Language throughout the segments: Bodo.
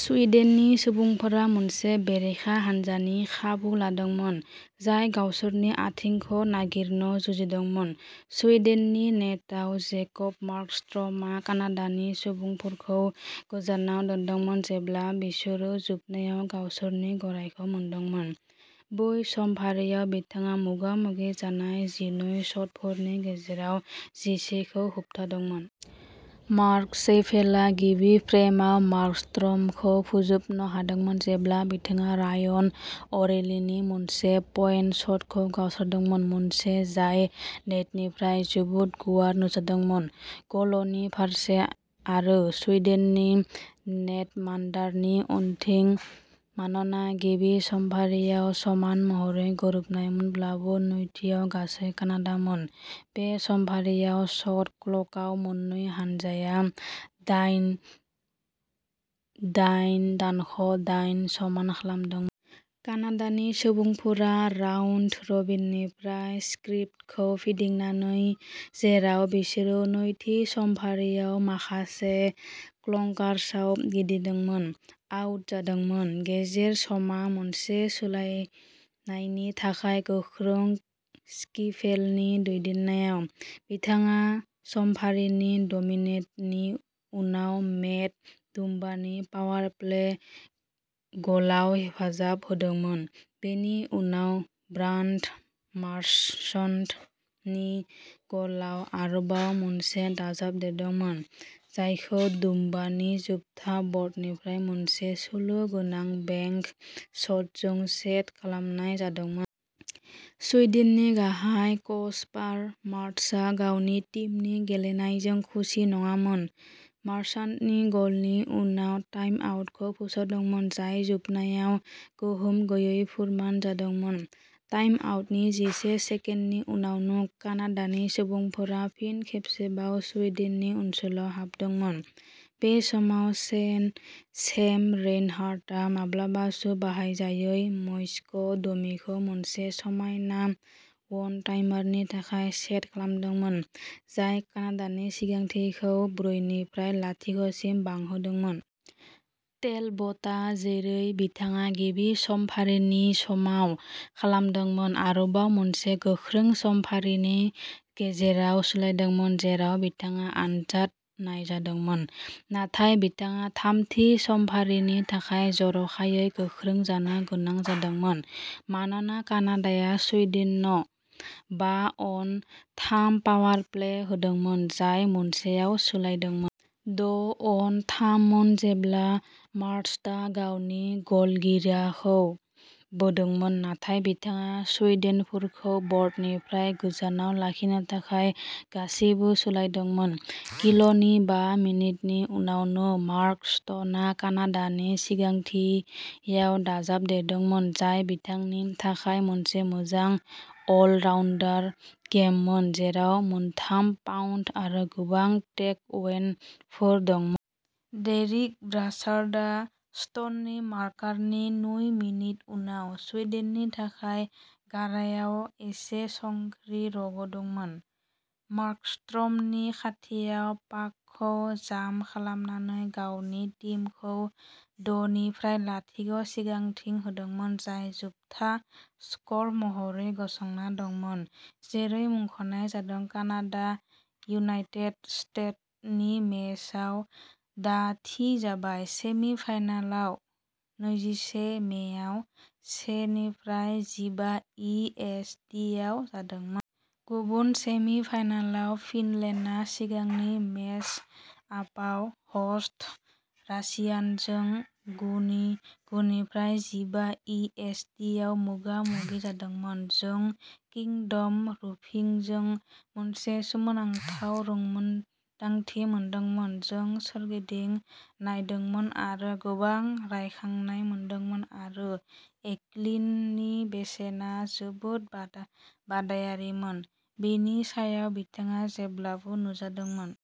स्वीडेननि सुबुंफोरा मोनसे बेरेखा हान्जानि खाबु लादोंमोन, जाय गावसोरनि आथिंखौ नागिरनो जुजिदोंमोन। स्वीडेननि नेटआव, जेकब मार्कस्ट्रमआ कानाडानि सुबुंफोरखौ गोजानाव दोनदोंमोन जेब्ला बिसोर जोबनायाव गावसोरनि गरायखौ मोनदोंमोन, बै समफारियाव बिथाङा मोगा-मोगि जानाय जिनै शटफोरनि गेजेराव जिसे खौ होबथादोंमोन। मार्क शेइफेल'आ गिबि फ्रेमाव मार्कस्ट्रमखौ फोजोबनो हादोंमोन, जेब्ला बिथाङा रायन अ'रेलीनि मोनसे पइन्ट शटखौ गावस्रादोंमोन-मोनसे जाय नेटनिफ्राय जोबोद गुवार नुजादोंमोन-गलनि फारसे आरो स्वीडेननि नेटमाइन्डारनि उनथिं। मानोना गिबि समफारियाव समान महरै गोरोबनायमोनब्लाबो, नैथिआ गासै कानाडामोन-बे समफारियाव शट क्ल'कआव मोन्नै हानजाया दाइन-दाइन समान खालामदोंमोन। कानाडानि सुबुंफोरा, राउन्ड रबिननिफ्राय स्क्रिप्टखौ फिदिंनानै, जेराव बिसोरो नैथि समफारियाव माखासे क्लंकार्सआव गिदिंदोंमोन, आउट जादोंमोन। गेजेर समआ मोनसे सोलायनायनि थाखाय गोख्रों, स्किफेलनि दैदेननायाव। बिथाङा समफारिनि द'मिनिटनि उनाव मेट डुम्बानि पावारप्ले गलाव हेफाजाब होदोंमोन, बेनि उनाव ब्रान्ड मार्चान्डनि गलाव आरोबाव मोनसे दाजाबदेरदोंमोन, जायखौ डुम्बानि जोबथा बर्डनिफ्राय मोनसे सोलो गोनां बेंक शटजों सेट खालामनाय जादोंमोन। स्वीडेननि गाहाय कच पार मार्ट्सआ, गावनि टीमनि गेलेनायजों खुसि नङामोन, मार्चान्डनि गलनि उनाव टाइमआउटखौ फोसावदोंमोन, जाय जोबनायाव गोहोम गैयै फोरमान जादोंमोन। टाइमआउटनि जिसे सेकेन्डनि उनावनो कानाडानि सुबुंफोरा फिन खेबसेबाव स्वीडेननि ओनसोलाव हाबदोंमोन, बे समाव सेम रेइनहार्टआ माब्लाबासो बाहायजायै मैक्स डमीखौ मोनसे समायना वन-टाइमारनि थाखाय सेट खालामदोंमोन, जाय कानाडानि सिगांथिखौ ब्रै-लाथिख' सिम बांहोदोंमोन। टेलबटआ, जेरै बिथाङा गिबि समफारिनि समाव खालामदोंमोन, आरोबाव मोनसे गोख्रों समफारिनि गेजेराव सोलायदोंमोन, जेराव बिथाङा आनजाद नायजादोंमोन। नाथाय बिथाङा थामथि समफारिनि थाखाय जर'खायै गोख्रों जानो गोनां जादोंमोन मानोना कानाडाया स्वीडेननो बा-अन-थाम पावारप्ले होदोंमोन-जाय मोनसेयाव सोलायदोंमोन। द'-अन-थाम मोन जेब्ला मार्त्सआ गावनि गल'गिराखौ बोदोंमोन-नाथाय बिथाङा सुइडेनफोरखौ ब'र्डनिफ्राय गोजानाव लाखिनो थाखाय गासिबो सोलायदोंमोन। किलनि बा मिनिटनि उनावनो मार्क स्ट'नआ कानाडानि सिगांथियाव दाजाबदेरदोंमोन, जाय बिथांनि थाखाय मोनसे मोजां अल-अराउन्ड गेममोन जेराव मोनथाम पइन्ट आरो गोबां टेकअवेफोर दंमोन। डेरिक ब्रासार्डआ स्ट'ननि मार्कारनि नै मिनिट उनाव सुइडेननि थाखाय गारायाव एसे संख्रि रग'दोंमोन, मार्कस्ट्रमनि खाथियाव पाकखौ जाम खालामनानै गावनि टीमखौ द'-लाथिख' सिगांथि होदोंमोन जाय जोबथा स्क'र महरै गसंना दंमोन। जेरै मुंख'नाय जादों, कानाडा-इउनाइटेड स्टेट्सनि मेचआ दा थि जाबाय, सेमि-फाइनालआ नैजिसे मेआव से:जिबा आं एस टिआव जादोंमोन। गुबुन सेमि-फाइनालाव फिनलेन्डआ सिगांनि मेचआपआव ह'स्ट रासियानजों गु:जिबा आं एस टिआव मोगा-मोगि जादोंमोन। जों किंडम रुफिंजों मोनसे सोमोनांथाव रोंमोनदांथि मोनदोंमोन। जों सोरगिदिं नायदोंमोन, आरो गोबां रायखांनाय मोनदोंमोन, आरो एल्किननि बेसेना जोबोद बादायारिमोन। बेनि सायाव, बिथाङा जेब्लाबो नुजादोंमोन।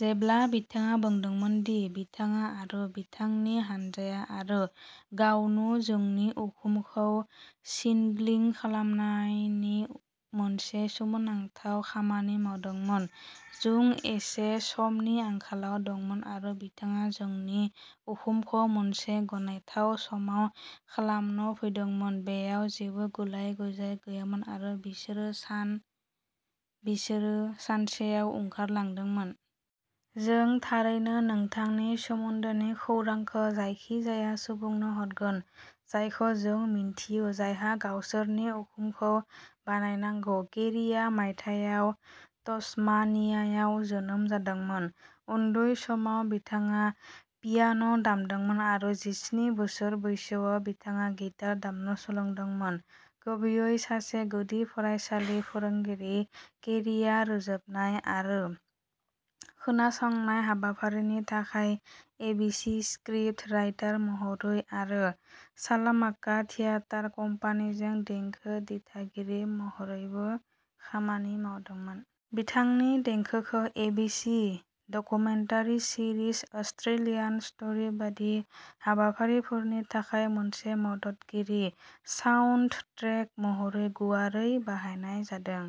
जेब्ला बिथाङा बुंदोंमोन दि बिथाङा आरो बिथांनि हान्जाया आरो गावनो जोंनि उखुमखौ सिनग्लिं खालामनायनि मोनसे सोमोनांथाव खामानि मावदोंमोन। जों एसे समनि आंखालाव दंमोन, आरो बिथाङा जोंनि उखुमखौ मोनसे गनायथाव समाव खालामनो फैदोंमोन। बेयाव जेबो गुलाय-गुजाय गैयामोन, आरो बिसोरो सानसेआव ओंखारलांदोंमोन। जों थारैनो नोंथांनि सोमोन्दोनि खौरांखौ जायखिजाया सुबुंनो हरगोन जायखौ जों मिन्थियो जायहा गावसोरनि उखुमखौ बानायनांगौ। केरीआ मायथाइयाव तस्मानियायाव जोनोम जादोंमोन। उन्दै समाव बिथाङा पियान'दामदोंमोन आरो जिस्नि बोसोर बैसोआव बिथाङा गिटार दामनो सोलोंदोंमोन। गुबैयै सासे गुदि फरायसालि फोरोंगिरि, केरीआ रोजाबनाय आरो खोनासंनाय हाबाफारिनि थाखाय एबीसी स्क्रिप्ट राइटार महरै आरो सालामान्का थियेटार कम्पानिजों देंखो दिथागिरि महरैबो खामानि मावदोंमोन। बिथांनि देंखोखौ ABC documentary series, Australian story बायदि हाबाफारिफोरनि थाखाय मोनसे मददगिरि साउन्डट्रैक महरै गुवारै बाहायनाय जादों।